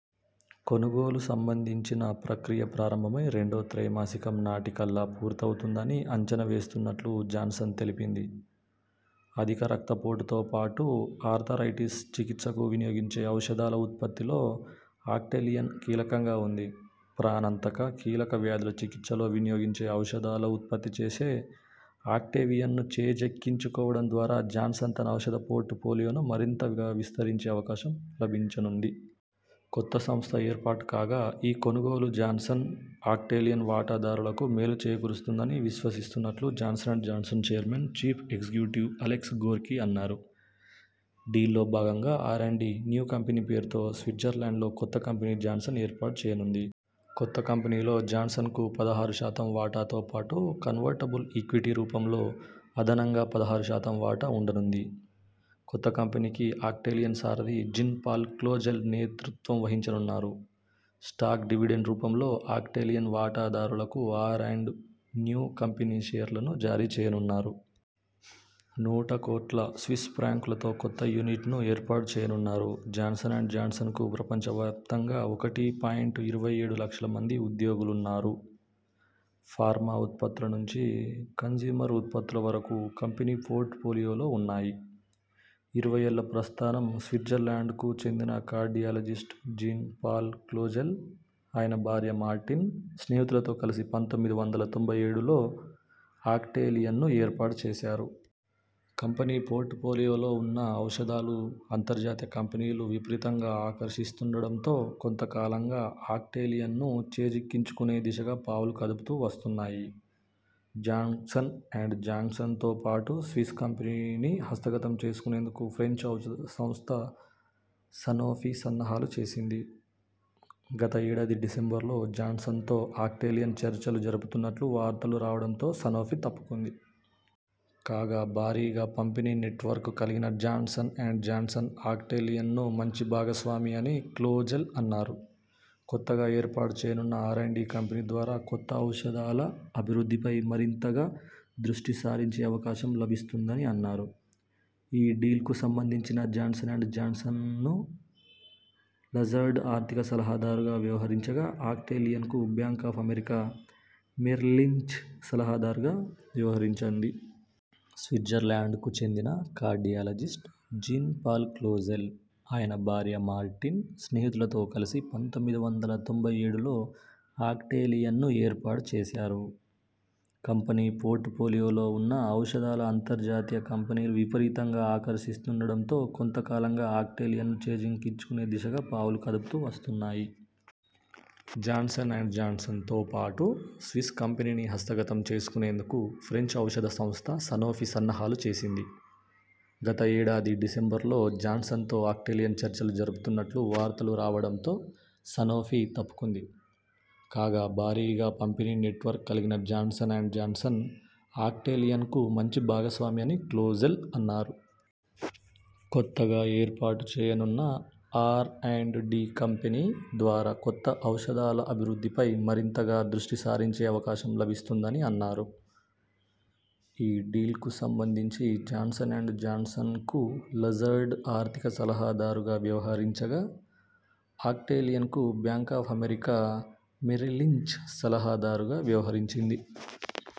కొనుగోలు సంబంధించిన ప్రక్రియ ప్రారంభమై రెండో త్రైమాసికం నాటి కల్లా పూర్తవుతుందని అంచనా వేస్తున్నట్లు జాన్సన్ తెలిపింది. అధిక రక్తపోటుతో పాటు ఆర్థరైటిస్ చికిత్సకు వినియోగించే ఔషధాల ఉత్పత్తిలో అక్టేలియన్ కీలకంగా ఉంది. ప్రాణాంతక, కీలక వ్యాధుల చికిత్సలో వినియోగించే ఔషధాలను ఉత్పత్తి చేసే అక్టేవియన్ను చేజిక్కించుకోవటం ద్వారా జాన్సన్ తన ఔషధ పోర్టు ఫోలియోను మరింతగా విస్తరించే అవకాశం లభించనుంది. కొత్త సంస్థ ఏర్పాటు కాగా ఈ కొనుగోలు జాన్సన్, అక్టేలియన్ వాటాదారులకు మేలు చేకూరుస్తుందని విశ్వసిస్తున్నట్లు Johnson and Johnson chairman, chief executive Alex Gorsky అన్నారు. డీల్లో భాగంగా R and D new company పేరుతో స్విట్జర్లాండ్లో కొత్త కంపెనీని జాన్సన్ ఏర్పాటు చేయనుంది. కొత్త కంపెనీలో జాన్సన్కు పదహారు శాతం వాటాతో పాటు కన్వర్టబుల్ ఈక్విటీ రూపంలో అదనంగా పదహారు శాతం వాటా ఉండనుంది. కొత్త కంపెనీకి అక్టేలియన్ సారథి జీన్ పాల్ క్లోజెల్ నేతృత్వం వహించనున్నారు. స్టాక్ డివిడెండ్ రూపంలో అక్టేలియన్ వాటాదారులకు ఆర్ అండ్ న్యూ కంపెనీ షేర్లను జారీ చేయనున్నారు. నూట కోట్ల స్విస్ ఫ్రాంకులతో కొత్త యూనిట్ను ఏర్పాటు చేయనున్నారు. జాన్సన్ అండ్ జాన్సన్కు ప్రపంచవ్యాప్తంగా ఒకటి పాయింట్ ఇరవై ఏడు లక్షల మంది ఉద్యోగులున్నారు. ఫార్మా ఉత్పత్తుల నుంచి కన్స్యూమర్ ఉత్పత్తుల వరకు కంపెనీ పోర్టు ఫోలియోలో ఉన్నాయి. ఇరవై ఏళ్ల ప్రస్థానం స్విట్జర్లాండ్కు చెందిన కార్డియాలజిస్ట్ జీన్ పాల్ క్లోజెల్, ఆయన భార్య మార్టిన్, స్నేహితులతో కలిసి పంతొమ్మిది వందల తొంభై ఏడులో అక్టేలియన్ను ఏర్పాటు చేశారు. కంపెనీ పోర్టు ఫోలియోలో ఉన్న ఔషధాలు అంతర్జాతీయ కంపెనీలు విపరీతంగా ఆకర్షిస్తుండటంతో కొంతకాలంగా అక్టేలియన్ను చేజిక్కించునే దిశగా పావులు కదుపుతూ వస్తున్నాయి. జాన్సన్ అండ్ జాన్సన్తో పాటు స్విస్ కంపెనీని హస్తగతం చేసుకునేందుకు ఫ్రెంచ్ ఔషధ సంస్థ సనోఫి సన్నాహాలు చేసింది. గత ఏడాది డిసెంబరులో జాన్సన్తో అక్టేలియన్ చర్చలు జరుపుతున్నట్లు వార్తలు రావటంతో సనోఫి తప్పుకుంది. కాగా భారీగా పంపిణీ నెట్వర్క్ కలిగిన జాన్సన్ అండ్ జాన్సన్ అక్టేలియన్కు మంచి భాగస్వామి అని క్లోజెల్ అన్నారు. కొత్తగా ఏర్పాటు చేయనున్న ఆర్ అండ్ డి కంపెనీ ద్వారా కొత్త ఔషధాల అభివృద్ధిపై మరింతగా దృష్టి సారించే అవకాశం లభిస్తుందని అన్నారు. ఈ డీల్కు సంబంధించి జాన్సన్ అండ్ జాన్సన్కు లజార్డ్ ఆర్థిక సలహాదారుగా వ్యవహరించగా అక్టేలియన్కు బ్యాంక్ ఆఫ్ అమెరికా మెరిల్లించ్ సలహాదారుగా వ్యవహరించింది. స్విట్జర్లాండ్కు చెందిన కార్డియాలజిస్ట్ జీన్ పాల్ క్లోజెల్, ఆయన భార్య మార్టిన్, స్నేహితులతో కలిసి పంతొమ్మిది వందల తొంభై ఏడులో అక్టేలియన్ను ఏర్పాటు చేశారు. కంపెనీ పోర్టు ఫోలియోలో ఉన్న ఔషధాలు అంతర్జాతీయ కంపెనీలు విపరీతంగా ఆకర్షిస్తుండటంతో కొంతకాలంగా అక్టేలియన్ను చేజిక్కించునే దిశగా పావులు కదుపుతూ వస్తున్నాయి. జాన్సన్ అండ్ జాన్సన్తో పాటు స్విస్ కంపెనీని హస్త గతం చేసుకునేందుకు ఫ్రెంచ్ ఔషధ సంస్థ సనోఫి సన్నాహాలు చేసింది. గత ఏడాది డిసెంబరులో జాన్సన్తో అక్టేలియన్ చర్చలు జరుపుతున్నట్లు వార్తలు రావటంతో సనోఫి తప్పుకుంది. కాగా భారీగా పంపిణీ నెట్వర్క్ కలిగిన జాన్సన్ అండ్ జాన్సన్ అక్టేలియన్కు మంచి భాగస్వామి అని క్లోజెల్ అన్నారు. కొత్తగా ఏర్పాటు చేయనున్న ఆర్ అండ్ డి కంపెనీ ద్వారా కొత్త ఔషధాల అభివృద్ధిపై మరింతగా దృష్టి సారించే అవకాశం లభిస్తుందని అన్నారు. ఈ డీల్కు సంబంధించి జాన్సన్ అండ్ జాన్సన్కు లజార్డ్ ఆర్థిక సలహాదారుగా వ్యవహరించగా అక్టేలియన్కు బ్యాంక్ ఆఫ్ అమెరికా మెరిల్లించ్ సలహాదారుగా వ్యవహరించింది.